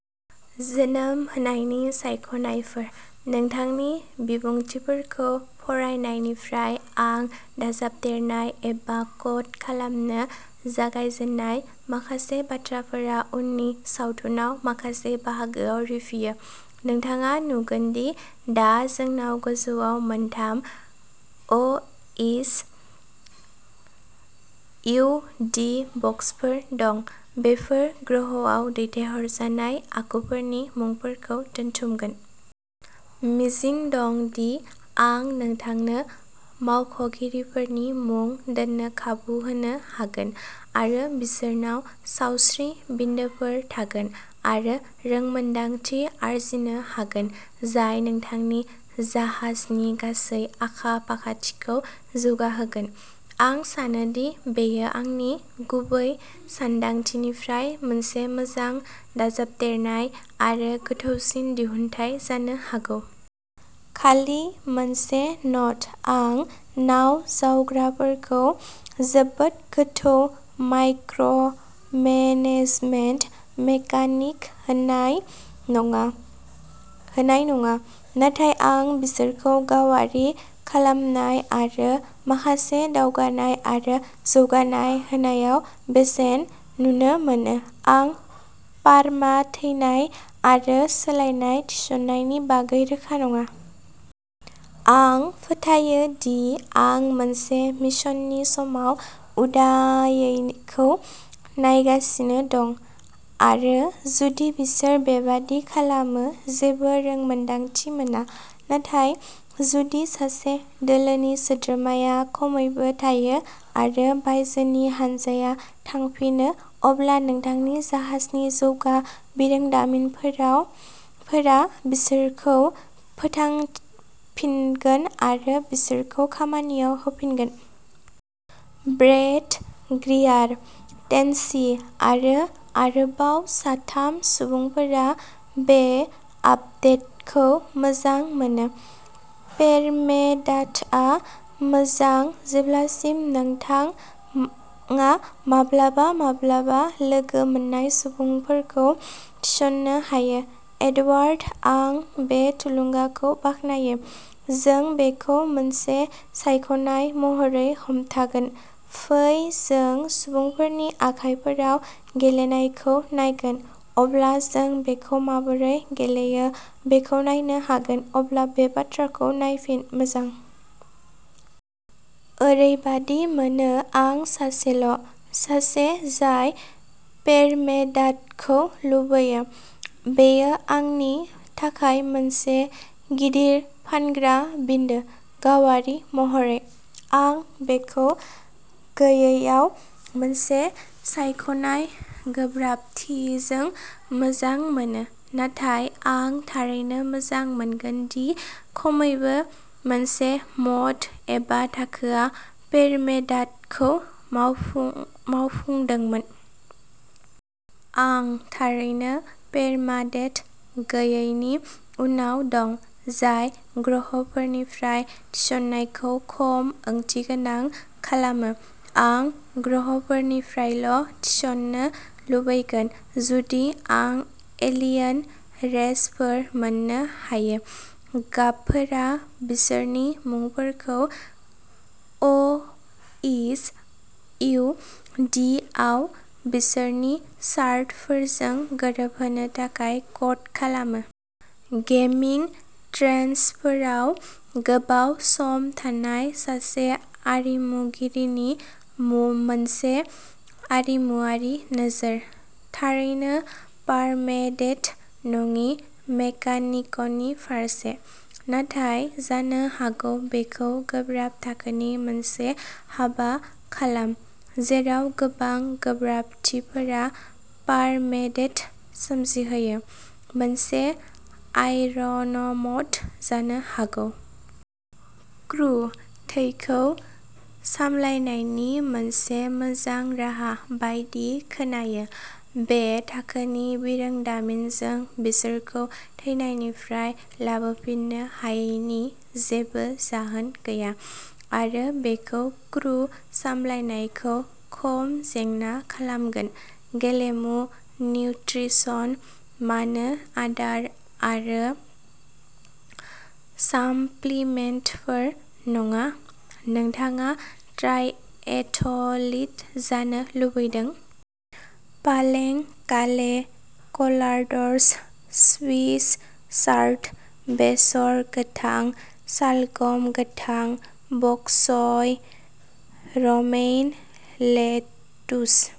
जोनोम होनायनि सायख'नायफोर। नोंथांनि बिबुंथिफोरखौ फरायनायनिफ्राय आं दाजाबदेरनाय एबा क'ड खालामनो जागायजेन्नाय माखासे बाथ्राफोरा उननि सावथुनाव माखासे बाहागोआव रिफियो। नोंथाङा नुगोन दि दा जोंनाव गोजौआव मोनथाम ओइस इउ दि बक्सफोर दं। बेफोर ग्रहआव दैथायहरजानाय आखुफोरनि मुंफोरखौ दोनथुमगोन। मिजिं दं दि आं नोंथांनो मावख'गिरिफोरनि मुं दोन्नो खाबु होनो हागोन आरो बिसोरनाव सावस्रि बिन्दोफोर थागोन आरो रोंमोनदांथि आरजिनो हागोन जाय नोंथांनि जाहाजनि गासै आखा फाखाथिखौ जौगाहोगोन। आं सानोदि बेयो आंनि गुबै सानदांथिनिफ्राय मोनसे मोजां दाजाबदेरनाय आरो गोथौसिन दिहुनथाय जानो हागौ। खालि मोनसे न'ट आं नावजावग्राफोरखौ जोबोद गोथौ माइक्र' मेनेजमेन्ट मेकानिक होनाय नङा। नाथाय आं बिसोरखौ गावारि खालामनाय आरो माखासे दावगानाय आरो जौगानाय होनायाव बेसेन नुनो मोनो। आं पारमा थैनाय आरो सोलायनाय थिसननायनि बागै रोखा नङा। आं फोथायो दि आं मोनसे मिशननि समाव उदायैखौ नायगासिनो दं आरो जुदि बिसोर बेबादि खालामो। जेबो रोंमोन्दांथि मोना। नाथाय जुदि सासे दोलोनि सोद्रोमाया खमैबो थायो आरो बायजोनि हान्जाया थांफिनो, अब्ला नोंथांनि जाहाजनि जौगा बिरोंदामिनफोरा बिसोरखौ फोथांफिनगोन आरो बिसोरखौ खामानियाव होफिनगोन। ब्रैड ग्रियार, टेनसि, आरो आरोबाव साथाम सुबुंफोरा बे आपदेटखौ मोजां मोनो। पेरमेडाथआ मोजां, जेब्लासिम नोंथाङा माब्लाबा माब्लाबा लोगो मोन्नाय सुबुंफोरखौ थिसननो हायो। एडवार्ड, आं बे थुलुंगाखौ बाख्नायो, जों बेखौ मोनसे सायख'नाय महरै हमथागोन, फै जों सुबुंफोरनि आखायफोराव गेलेनायखौ नायगोन, अब्ला जों बेखौ माबोरै गेलेयो बेखौ नायनो हागोन, अब्ला बे बाथ्राखौ नायफिन, मोजां? ओरैबादि मोनो आं सासेल' सासे जाय पेरमेडाथखौ लुबैयो बेयो आंनि थाखाय मोनसे गिदिर फानग्रा बिन्दो, गावारि महरै। आं बेखौ गैयैयाव मोनसे सायख'नाय गोब्राबथिजों मोजां मोनो, नाथाय आं थारैनो मोजां मोनगोन जुदि खमैबो मोनसे म'ड एबा थाखोआ पेरमेडाथखौ मावफुन्दोंमोन। आं थारैनो पेरमाडेथ गैयिनि उनाव दं, जाय ग्रहफोरनिफ्राय थिसननायखौ खम ओंथिगोनां खालामो। आं ग्रहफोरनिफ्रायल' थिसननो लुबैगोन जुदि आं एलियन रेसफोर मोन्नो हायो। गाबफोरा बिसोरनि मुंफोरखौ ओइस इउ दिआव बिसोरनि शार्टफोरजों गोरोबहोनो थाखाय क'ड खालामो। गेमिं ट्रेन्चफोराव गोबाव सम थानाय सासे आरिमुगिरिनि मोनसे आरिमुआरि नोजोर। थारैनो पारमेडेथ नङि मेकानिकनि फारसे। नाथाय जानो हागौ बेखौ गोब्राब थाखोनि मोनसे हाबा खालाम, जेराव गोबां गोब्राबथिफोरा पारमेडेथ सोमजिहोयो, मोनसे आयरनम'ड जानो हागौ? क्रु थैखौ सामलायनायनि मोनसे मोजां राहा बायदि खोनायो। बे थाखोनि बिरोंदामिनजों बिसोरखौ थैनायनिफ्राय लाबोफिननो हायैनि जेबो जाहोन गैया, आरो बेयो क्रु सामलायनायखौ खम जेंना खालामगोन। गेलेमु निउट्रिसन मानो आदार आरो साप्लिमेन्टफोर नङा? नोंथाङा ट्रायएथलिट जानो लुबैदों? पालें काले, कलार्ड्स, स्विस चार्ड, बेसर गोथां, सालगम गोथां, बक च'य, र'मेइन लेतुस।